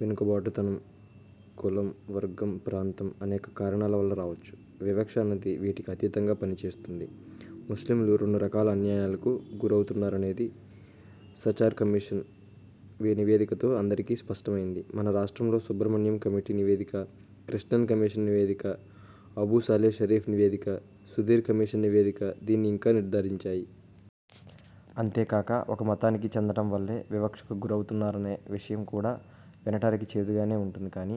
వెనుకబాటుతనం కులం, వర్గం, ప్రాంతం అనేక కారణాల వల్ల రావచ్చు వివక్ష అన్నది వీటికి అతీతంగా పనిచేస్తుంది. ముస్లింలు రెండు రకాల అన్యాయాలకు గురవుతున్నారనేది సచార్ కమిషన్ నివేదికతో అందరికీ స్పష్టమయింది. మన రాష్ట్రంలో సుబ్రహ్మణ్యం కమిటీ నివేదిక, కృష్ణన్ కమిషన్ నివేదిక, అబూ సాలే షరీఫ్ నివేదిక, సుధీర్ కమిషన్ నివేదిక దీన్ని ఇంకా నిర్ధారించాయి. అంతే కాక, ఒక మతానికి చెందటం వల్లే వివక్షకు గురవుతున్నారనే విషయం కూడా వినటానికి చేదుగానే ఉంటుంది గానీ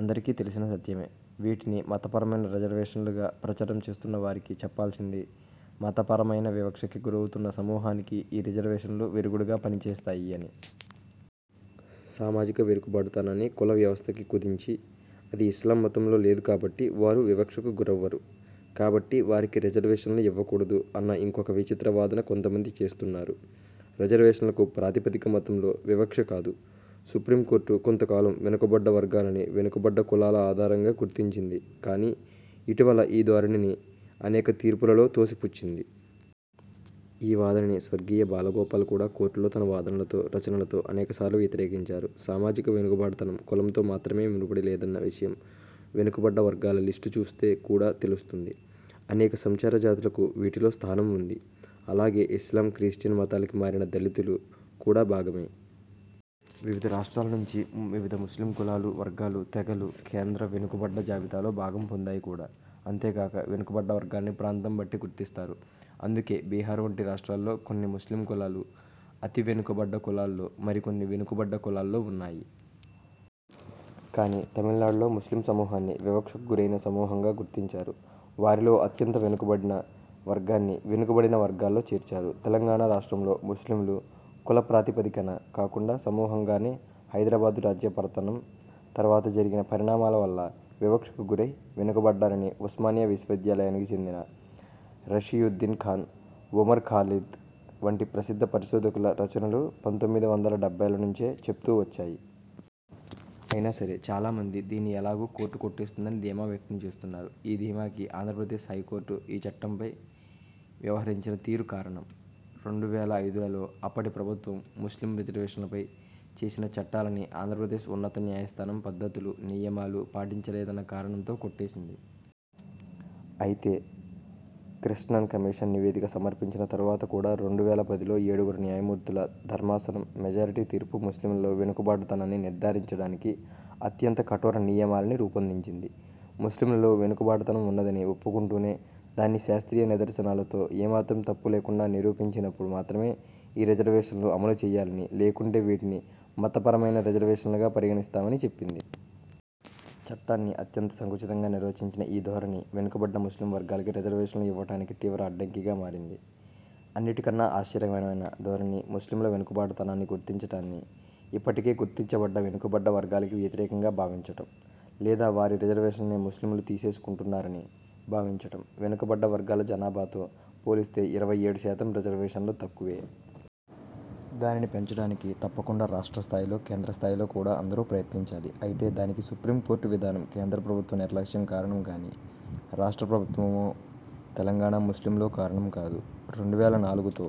అందరికీ తెలిసిన సత్యమే. వీటిని 'మత పరమైన' రిజర్వేషన్లుగా ప్రచారం చేస్తున్న వారికి చెప్పాల్సింది మత పరమయిన వివక్షకి గురవుతున్న సమూహానికి ఈ రిజర్వేషన్లు విరుగుడుగా పనిచేస్తాయీ అని. సామాజిక వెనుకబాటుతనాన్ని కుల వ్యవస్థకి కుదించి, అది ఇస్లాం మతంలో లేదు కాబట్టి వారు వివక్షకు గురవ్వరు, కాబట్టి వారికి రిజర్వేషన్లు ఇవ్వకూడదు అన్న ఇంకొక విచిత్ర వాదన కొంతమంది చేస్తున్నారు. రిజర్వేషన్లకు ప్రాతిపదిక మతంలో వివక్ష కాదు. సుప్రీమ్ కోర్టు కొంత కాలం వెనుకబడ్డ వర్గాలని వెనుక బడ్డ కులాల ఆధారంగా గుర్తించింది కానీ ఇటీవల ఈ ధోరణిని అనేక తీర్పులలో తోసిపుచ్చింది. ఈ వాదనని స్వర్గీయ బాలగోపాల్ కూడా కోర్టులో తన వాదనలలో, రచనలలో అనేక సార్లు వ్యతిరేకించారు. సామాజిక వెనుకబాటుతనం కులంతో మాత్రమే ముడిపడి లేదన్న విషయం వెనుకబడ్డ వర్గాల లిస్టు చూస్తే కూడా తెలుస్తుంది. అనేక సంచార జాతులకు వీటిలో స్థానం వుంది. అలాగే ఇస్లాం, క్రిస్టియన్ మతాలకి మారిన దళితులు కూడా భాగమే. వివిధ రాష్ట్రాల నుంచి వివిధ ముస్లిం కులాలు, వర్గాలు, తెగలు కేంద్ర వెనుకబడ్డ జాబితాలో భాగం పొందాయి కూడా. అంతేకాక వెనుకబడ్డ వర్గాలని ప్రాంతం బట్టి గుర్తి స్తారు. అందుకే బీహార్ వంటి రాష్ట్రాల్లో కొన్ని ముస్లిం కులాలు అతి వెనుకబడ్డ కులాల్లో, మరికొన్ని వెనుకబడ్డ కులాల్లో వున్నాయి. కానీ, తమిళనాడులో ముస్లిం సమూహాన్ని వివక్షకు గురయిన సమూహంగా గుర్తించారు. వారిలో అత్యంత వెనుకబడిన వర్గాన్ని వెనుకబడిన వర్గాల్లో చేర్చారు. తెలంగాణ రాష్ట్రంలో ముస్లింలు కుల ప్రాతిపదికన కాకుండా సమూహంగానే హైదరాబాదు రాజ్య పతనం తర్వాత జరిగిన పరిణామాల వల్ల వివక్షకు గురై వెనుకబడ్డారని ఉస్మానియా విశ్వవిద్యాలయానికి చెందిన రషీయుద్దీన్ ఖాన్, ఒమర్ ఖాలిద్ వంటి ప్రసిద్ధ పరిశోధకుల రచనలు పంతొమ్మిది వందల డెబ్బైల నుంచే చెప్తూ వచ్చాయి. అయినా సరే, చాలా మంది దీన్ని ఎలాగూ కోర్టు కొట్టేస్తుందని ధీమా వ్యక్తం చేస్తున్నారు. ఈ ధీమాకి ఆంధ్ర ప్రదేశ్ హైకోర్టు ఈ చట్టంపై వ్యవహరించిన తీరు కారణం., రెండు వేల ఐదులలో అప్పటి ప్రభుత్వం ముస్లిం రిజర్వేషన్లపై చేసిన చట్టాలని ఆంధ్ర ప్రదేశ్ ఉన్నత న్యాయస్థానం పద్ధతులు, నియమాలు పాటించలేదన్న కారణంతో కొట్టేసింది. అయితే, కృష్ణన్ కమిషన్ నివేదిక సమర్పించిన తరువాత కూడా రెండు వేల పదిలో ఏడుగురు న్యాయమూర్తుల ధర్మాసనం మెజారిటీ తీర్పు ముస్లింలలో వెనుకబాటుతనాన్ని నిర్ధారించటానికి అత్యంత కఠోర నియమాలని రూపొందించింది. ముస్లింలలో వెనుకబాటుతనం వున్నదని ఒప్పుకుంటూనే, దాన్ని శాస్త్రీయ నిదర్శనాలతో, ఏమాత్రం తప్పు లేకుండా నిరూపించినప్పుడు మాత్రమే ఈ రిజర్వేషన్లు అమలు చెయ్యాలని, లేకుంటే వీటిని 'మతపరమయిన రిజర్వేషన్లుగా' పరిగణిస్తామని చెప్పింది. చట్టాన్ని అత్యంత సంకుచితంగా నిర్వచించిన ఈ ధోరణి వెనుకబడ్డ ముస్లిం వర్గాలకి రిజర్వేషన్లు ఇవ్వటానికి తీవ్ర అడ్డంకిగా మారింది. అన్నిటికన్నా ఆశ్చర్యకరమైన ధోరణి ముస్లింల వెనుకబాటుతనాన్ని గుర్తించటాన్ని ఇప్పటికే గుర్తించబడ్డ వెనుకబడ్డ వర్గాలకి వ్యతిరేకంగా భావించటం, లేదా వారి రిజర్వేషన్లని ముస్లింలు తీసేసుకుంటున్నారని భావించటం. వెనుకబడ్డ వర్గాల జనాభాతో పోలిస్తే ఇరవై ఏడుశాతం రిజర్వేషన్లు తక్కువే. దానిని పెంచటానికి తప్పకుండా రాష్ట్ర స్థాయిలో, కేంద్ర స్థాయిలో కూడా అందరూ ప్రయత్నించాలి. అయితే దానికి సుప్రీమ్ కోర్టు విధానం, కేంద్ర ప్రభుత్వ నిర్లక్ష్యం కారణం గానీ, రాష్ట్ర ప్రభుత్వమో, తెలంగాణా ముస్లింలో కారణం కాదు. రెండు వేల నాలుగుతో